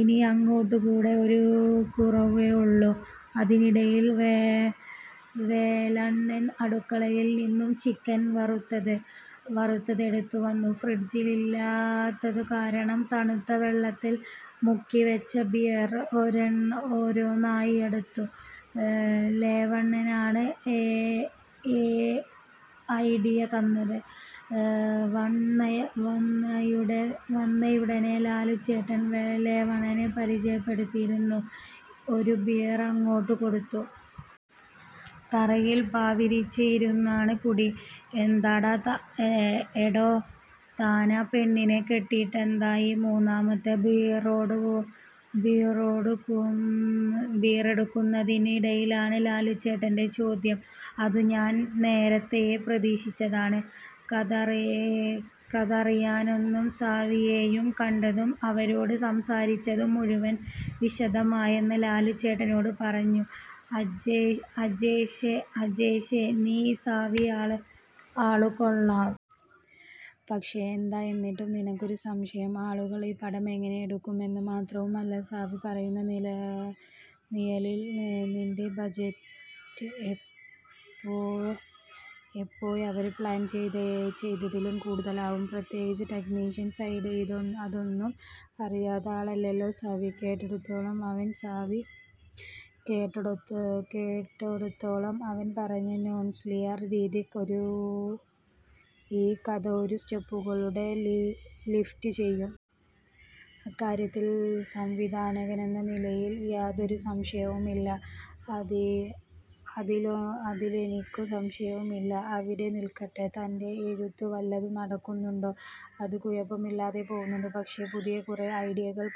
ഇനി അങ്ങേരുടെ കൂടെ ഒരു കുറവേയുള്ളൂ. " അതിനിടയിൽ വേലണ്ണൻ അടുക്കളയിൽ നിന്നും ചിക്കൻ വറുത്തത് എടുത്തു വന്നു. ഫ്രിഡ്ജ് ഇല്ലാത്തതു കാരണം തണുത്ത വെള്ളത്തിൽ മുക്കിവെച്ച ബിയർ ഓരോന്നായി എടുത്തു. വേലണ്ണനാണ് ആ ഐഡിയ തന്നത്. വന്നയുടനെ ലാലുച്ചേട്ടൻ വേലണ്ണനെ പരിചയപ്പെട്ടായിരുന്നു. ഒരു ബിയർ അങ്ങേർക്കും കൊടുത്തു. തറയിൽ പാ വിരിച്ച് ഇരുന്നാണ് കുടി. "എടോ, താനാ പെണ്ണിനെ കണ്ടിട്ട് എന്തായി? " മൂന്നാമത്തെ ബിയറെടുക്കുന്നതിനു ഇടയിലാണ് ലാലുച്ചേട്ടന്റെ ചോദ്യം. അതു ഞാൻ നേരത്തയേ പ്രതീക്ഷിച്ചിരുന്നതാണ്. കാതറിനെയും സാവിയേയും കണ്ടതും അവരോട് സംസാരിച്ചതും മുഴുവനും വിശദമായിതന്നെ ലാലുച്ചേട്ടനോട് പറഞ്ഞു. "അജേഷേ ഈ സാവി ആളുകൊള്ളാം. പക്ഷേ.. " "എന്താണ് എന്നിട്ടും തനിക്കൊരു സംശയം? "ആളുകള് ഈ പടം എങ്ങനെ എടുക്കുമെന്നാണ്. മാത്രവുമല്ല, സാവി പറയുന്ന നിലയില് ഇതിന്റെ ബജറ്റ് ഇപ്പോഴവര് പ്ലാൻ ചെയ്തതിലും കൂടുതലാവും. പ്രത്യേകിച്ച് ടെക്നിക്കൽ സൈഡ്. " "അതൊന്നും അറിയാത്ത ആളല്ലല്ലോ സാവി? കേട്ടിടത്തോളം അവൻ പറഞ്ഞ നോൺലീനിയർ രീതി ഈ കഥയെ ഒരു സ്റ്റെപ്പുകൂടെ ലിഫ്റ്റ് ചെയ്യുും. അക്കാര്യത്തിൽ സംവിധായകനെന്ന നിലയിൽ യാതൊരു സംശയവും ഇല്ല. " "അതിലെനിക്കും സംശയമൊന്നുമില്ല. " "അതവിടെ നിൽക്കട്ടെ, തന്റെ എഴുത്ത് വല്ലതും നടക്കുന്നുണ്ടോ? " "അത് കുഴപ്പമില്ലാതെ പോവുന്നുണ്ട്. പക്ഷേ, പുതിയ കുറേ ഐഡിയകൾ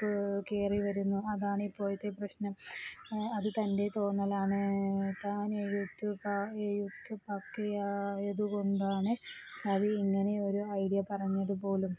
കേറിവരുന്നു. അതാണ് ഇപ്പോഴത്തെ പ്രശ്നം. " "അതു തന്റെ തോന്നലാണ്. താനെഴുതീത് പക്കയായതുകൊണ്ടാണ് സാവി ഇങ്ങനൊരു ഐഡിയ പറഞ്ഞതു പോലും.